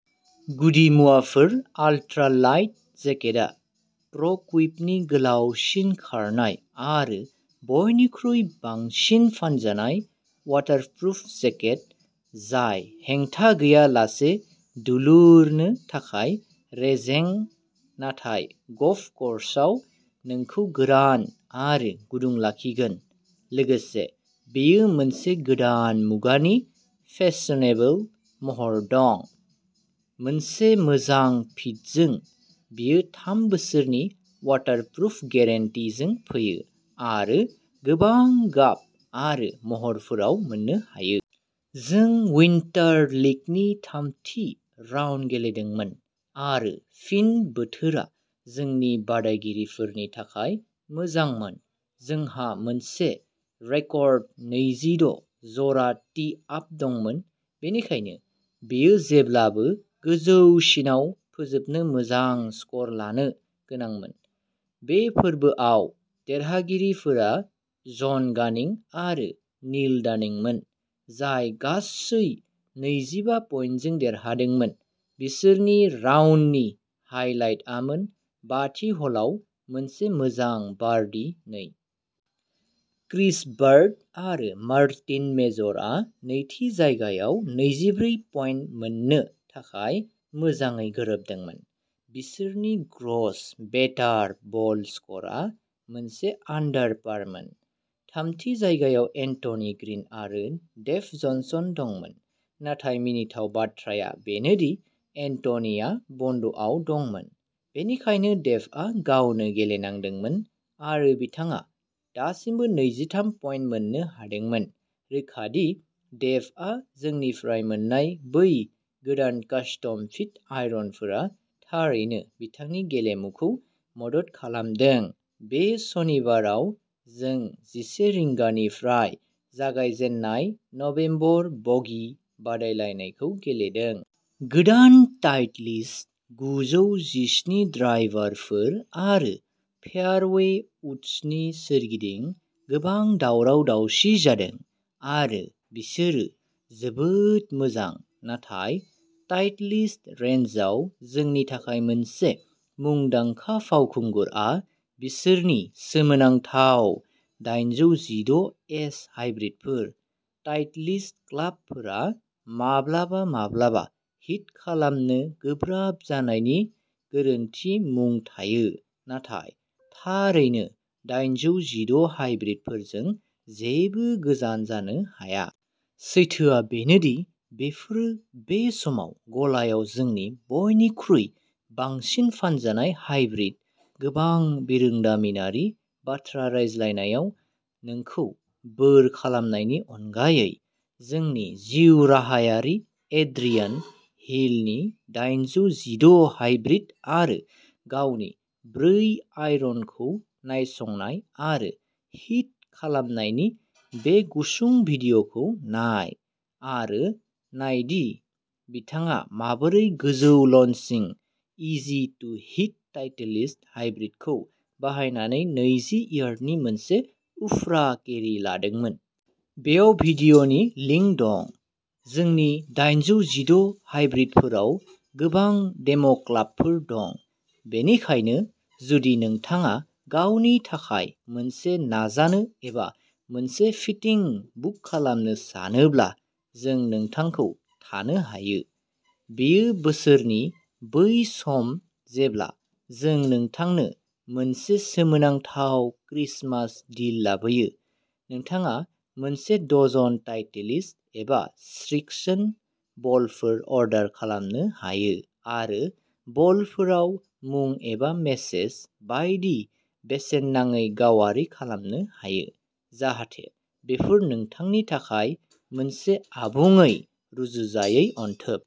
गुदिमुवाफोर ultra light जेकेटआ प्र'कुइपनि गोलावसिन खारनाय आरो बयनिख्रुइ बांसिन फानजानाय अवाटारप्रुफ जेकेट जाय हेंथा गैयालासे दुलुरनो थाखाय रेजें नाथाय गल्फ कर्सआव नोंखौ गोरान आरो गुदुं लाखिगोन लोगोसे बेयो मोनसे गोदान मुगानि फेशनेबल महर दं, मोनसे मोजां फिटजों, बेयो थाम बोसोरनि अवाटारप्रुफ गेरेन्टिजों फैयो आरो गोबां गाब आरो महरफोराव मोननो हायो। जों उइन्टार लिगनि थामथि राउन्ड गेलेदोंमोन आरो फिन बोथोरा जोंनि बादायगिरिफोरनि थाखाय मोजांमोन जोंहा मोनसे रेकर्ड नैजिद’ जरा टि आप दंमोन बेनिखायनो बेयो जेब्लाबो गोजौसिनाव फोजोबनो मोजां स्कर लानो गोनांमोन। बे फोरबोआव देरहागिरिफोरा जन गानिं आरो नील डानिंमोन जाय गासै नैजिबा पइन्टजों देरहादोंमोन बिसोरनि राउन्डनि हाइलाइटआमोन बाथि ह'लाव मोनसे मोजां बार्डी नै। क्रिस बार्ड आरो मार्टिन मेजरआ नैथि जायगायाव नैजिब्रै पइन्ट मोननो थाखाय मोजाङै गोरोबदोंमोन, बिसोरनि ग्र'स बेटार बल स्क'रआ मोनसे आन्डार पारमोन, थामथि जायगायाव एन्टनि ग्रिन आरो डेभ जनसन दंमोन, नाथाय मिनिथाव बाथ्राया बेनो दि एन्टनिआ बन्द'आव दंमोन बेनिखायनो डेभआ गावनो गेलेनांदोंमोन आरो बिथाङा दासिमबो नैजिथाम पइन्ट मोननो हादोंमोन, रोखा दि डेभआ जोंनिफ्राय मोननाय बै गोदान कास्टम फिट आयरनफोरा थारैनो बिथांनि गेलेमुखौ मदद खालामदों बे सनिबाराव जों जिसे रिंगानिफ्राय जागायजेननाय नबेम्बर बगि बादायलायनायखौ गेलेदों। गोदान टाइटलिस्ट गुजौ जिस्नि ड्राइभारफोर आरो फेयारवे उड्सनि सोरगिदिं गोबां दावराव-दावसि जादों आरो बिसोरो जोबोद मोजां नाथाय टाइटलिस्ट रेन्जआव जोंनि थाखाय मोनसे मुंदांखा फावखुंगुरआ बिसोरनि सोमोनांथाव दाइनजौ जिद’ एच हाइब्रिडफोर, टाइटलिस्ट क्लाबफोरा माब्लाबा माब्लाबा हिट खालामनो गोब्राब जानायनि गोरोन्थि मुं थायो नाथाय थारैनो दाइनजौ जिद’ हाइब्रिडफोरजों जेबो गोजान जानो हाया। सैथोआ बेनो दि बेफोरो बे समाव गलायाव जोंनि बयनिख्रुइ बांसिन फानजानाय हाइब्रिद गोबां बिरोंदामिनारि बाथ्रा रायज्लायनायाव नोंखौ बोर खालामनायनि अनगायै जोंनि जिउराहायारि एड्रियान हिलनि दाइनजौ जिद’ हाइब्रिद आरो गावनि ब्रै आयरनखौ नायसंनाय आरो हिट खालामनायनि बे गुसुं भिडिय'खौ नाय आरो नायदि बिथाङा माबोरै गोजौ launching easy to hit Titleist हाइब्रिदखौ बाहायनानै नैजि यार्डनि मोनसे उफ्रा केरि लादोंमोन। बेयाव भिडिय'नि लिंक दं। जोंनि दाइनजौ जिद’ हाइब्रिदफोराव गोबां डेम'क्लाबफोर दं, बेनिखायनो जुदि नोंथाङा गावनि थाखाय मोनसे नाजानो एबा मोनसे फिटिं बुक खालामनो सानोब्ला जों नोंथांखौ थानो हायो। बेयो बोसोरनि बै सम जेब्ला जों नोंथांनो मोनसे सोमोनांथाव क्रिसमास डिल लाबोयो, नोंथाङा मोनसे डजन टाइटेलिस्ट एबा श्रिक्सन बलफोर अर्डार खालामनो हायो आरो बलफोराव मुं एबा मेसेज बायदि बेसेन नाङै गावारि खालामनो हायो, जाहाथे बेफोर नोंथांनि थाखाय मोनसे आबुङै रुजुजायै अनथोब।